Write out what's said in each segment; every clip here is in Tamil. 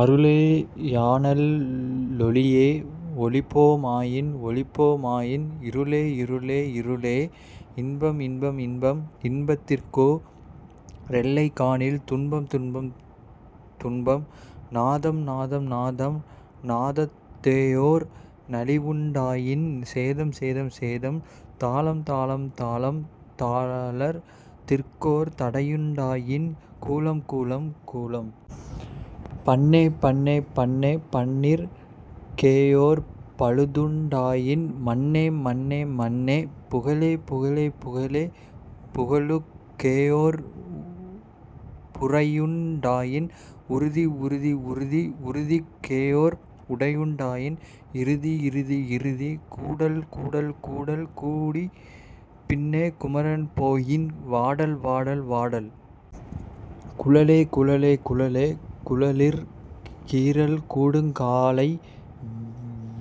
அருளே யாநல் லொளியே; ஒளிபோ மாயின், ஒளிபோ மாயின், இருளே, இருளே, இருளே.... இன்பம், இன்பம், இன்பம்; இன்பத் திற்கோ ரெல்லை காணில், துன்பம், துன்பம், துன்பம்.... நாதம், நாதம், நாதம்; நாதத் தேயோர் நலிவுண் டாயின், சேதம், சேதம், சேதம்.... தாளம், தாளம், தாளம்; தாளத் திற்கோர் தடையுண் டாயின், கூளம், கூளம், கூளம்.... பண்ணே, பண்ணே, பண்ணே; பண்ணிற் கேயோர் பழுதுண் டாயின். மண்ணே, மண்ணே, மண்ணே.... புகழே, புகழே, புகழே; புகழுக் கேயோர் புரையுண் டாயின், உறுதி, உறுதி, உறுதி; உறுதிக் கேயோர் உடைவுண் டாயின், இறுதி, இறுதி, இறுதி.... கூடல், கூடல், கூடல் கூடிப் பின்னே குமரன் போயின், வாடல், வாடல், வாடல்.... குழலே, குழலே, குழலே; குழலிற் கீறல் கூடுங்காலை,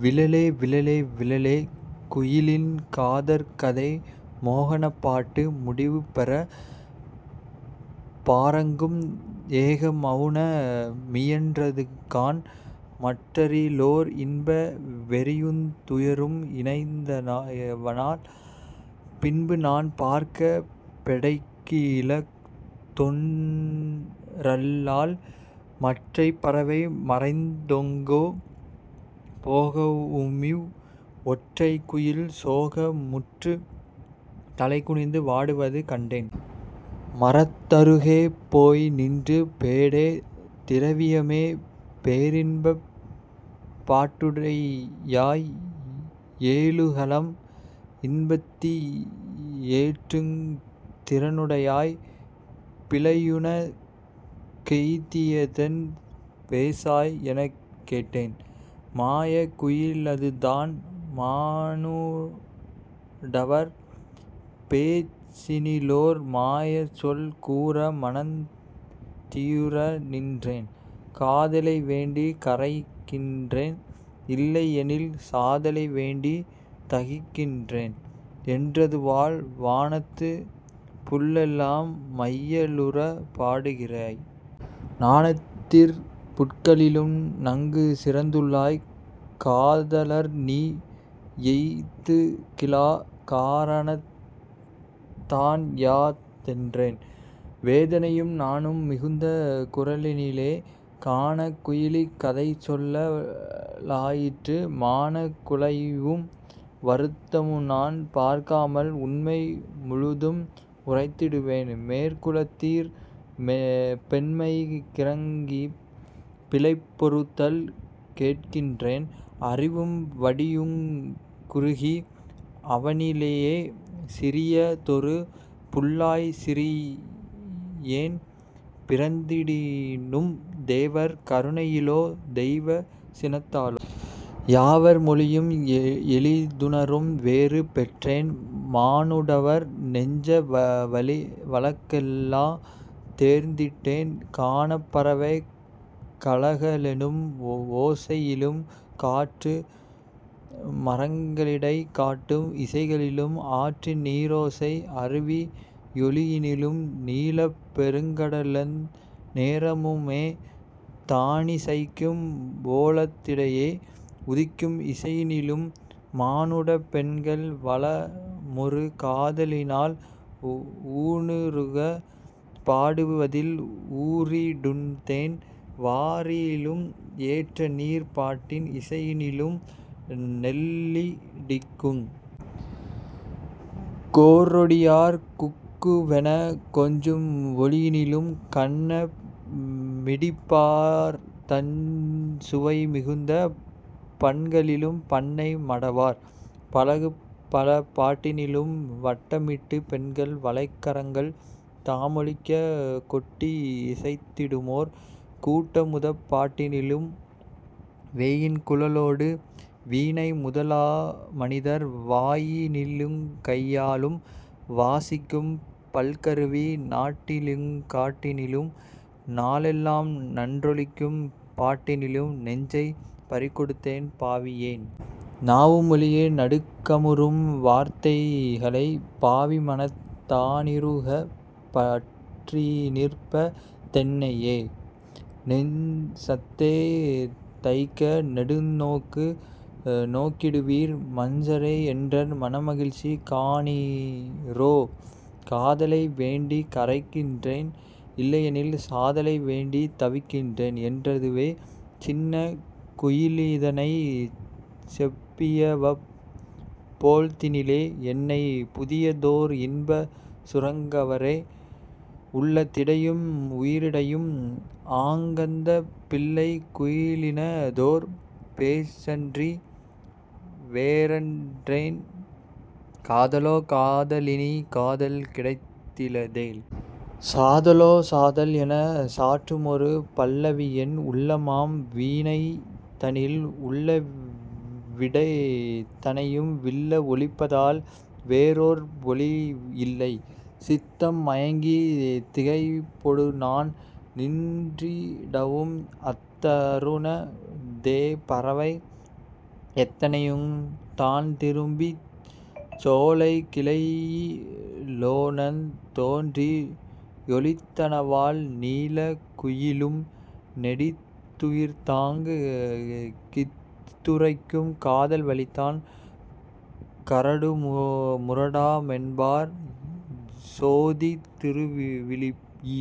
விழலே, விழலே, விழலே..... குயிலின் காதற் கதை மோகனப் பாட்டு முடிவுபெறப் பாரெங்கும் ஏக மவுன மியன்றதுகாண்; மற்றதிலோர் இன்ப வெறியுந் துயரும் இணைந்தனவால். பின்புநான் பார்க்கப் பெடைக்குயிலஃ தொன்றல்லால் மற்றைப் பறவை மறைந்தொங்கோ போகவுமிவ்... ஒற்றைக் குயில் சோக முற்றுத் தலைகுனிந்து வாடுவது கண்டேன். மரத்தருகே போய்நின்று, ''பேடே! திரவியமே! பேரின்பப் பாட்டுடையாய்! ஏழுலகம் இன்பத்தீ ஏற்றுந் திறனுடையாய்! பீழையுனக் கெய்தியதென்? பேசாய்! '' எனக் கேட்டேன்.... மாயக் குயிலதுதான் மானுடவர் பேச்சினிலோர் மாயச்சொல் கூற மனந் தீயுற நின்றேன். ''காதலை வேண்டிக் கரைகின்றேன், இல்லை யெனில் சாதலை வேண்டிக் தகிக்கின்றேன்'' என்றதுவால், ''வானத்துப் புள்ளெல்லாம் மையலுறப் பாடுகிறேன்.... ஞானத்திற் புட்களிலும் நன்கு சிறந்துள்ளாய், காதலர்நீ யெய்துகிலாக் காரணந்தான் யா'' தென்றேன். வேதனையும் நாணும் மிகுந்த குரலினிலே கானக் குயிலிக் கதைசொல்ல லாயிற்று:- ''மானக் குலைவும் வருத்தமுநான் பார்க்காமல்,... உண்மை முழுதும் உரைத்திடுவேன் மேற்குலத்தீர்! பெண்மைக் கிரங்கிப் பிழைபொறுத்தல் கேட்கின்றேன் அறிவும் வடிவுங் குறுகி, அவனியிலே சிறியதொரு புள்ளாய்ச் சிறியேன் பிறந்திடினும், தேவர் கருணையிலோ தெய்வச் சினத்தாலோ... யாவர் மொழியும் எளிதுணரும் பேறு பெற்றேன்; மானுடவர் நெஞ்ச வழக்கெல்லாந் தேர்ந்திட்டேன்: கானப் பறவை கலகலெனும் ஓசையிலும், காற்று மரங்களிடைக் காட்டும் இசைகளிலும், ஆற்று நீரோசை அருவி யொலியினிலும்,... நீலப் பெருங்கடலெந் நேரமுமே தானிசைக்கும் ஓலத் திடையே உதிக்கும் இசையினிலும், மானுடப் பெண்கள் வளமொரு காதலினால் ஊனுருகப் பாடுவதில் ஊறிடுந்தேன் வாரியிலும், ஏற்றநீர்ப் பாட்டின் இசையினிலும், நெல்லிடிக்குங்... கோற்றொடியார் குக்குவெனக் கொஞ்சும் ஒலியினிலும் கண்ண மிடிப்பார்தஞ் சுவைமிகுந்த பண்களிலும் பண்ணை மடவார் பழகு பல பாட்டினிலும் வட்டமிட்டுப் பெண்கள் வளைக்கரங்கள் தாமொலிக்கக் கொட்டி யிசைத்திடுமோர் கூட்டமுதப் பாட்டினிலும்,... வேயின் குழலோடு வீணைமுதலா மனிதர் வாயினிலுங் கையாலும் வாசிக்கும் பல்கருவி நாட்டினிலுங் காட்டினிலும் நாளெல்லாம் நன்றொலிக்கும் பாட்டினிலும், நெஞ்சைப் பறிகொடுத்தேன் பாவியேன். நாவும் மொழிய நடுக்கமுறும் வார்த்தைகளைப்... பாவிமனந் தானிறுகப் பற்றிநிற்ப தென்னையே? நெஞ்சத்தே தைக்க நெடுநோக்கு நோக்கிடுவீர். மஞ்சரே, என்றன் மனமகிழ்ச்சி காணீரோ? காதலை வேண்டிக் கரைகின்றேன், இல்லையெனில், சாதலைத் வேண்டித் தவிக்கின்றேன்'' என்றதுவே.... சின்னக் குயிலிதனைச் செப்பியவப் போழ்தினிலே, என்னைப் புதியதோர் இன்பச் சுரங்கவர, உள்ளத் திடையும் உயிரிடையும் ஆங்கந்தப் பிள்ளைக் குயிலினதோர் பேச்சன்றி வேறற்றேன்; ''காதலோ காதலினிக் காதல் கிடைத்திலதேல்... சாதலோ சாதல்'' எனச் சாற்றுமொரு பல்லவியென் உள்ளமாம் வீணைதனில், உள்ளவீ டத்தனையும் விள்ள ஒலிப்பதால் வேறொர் ஒலியில்லை. சித்தம் மயங்கித் திகைப்பொடுநான் நின்றிடவும், அத்தருணத் தேபறவை யத்தனையுந் தாந்திரும்பிச்... சோலைக் கிளையிலெலாந் தோன்றி யொலித்தனவால், நீலக் குயிலும் நெடிதுயிர்த்தாங் கிஃதுரைக்கும், 'காதல் வழிதான் கரடுமுர டாமென்பார்; சோதித் திருவிழியீர்!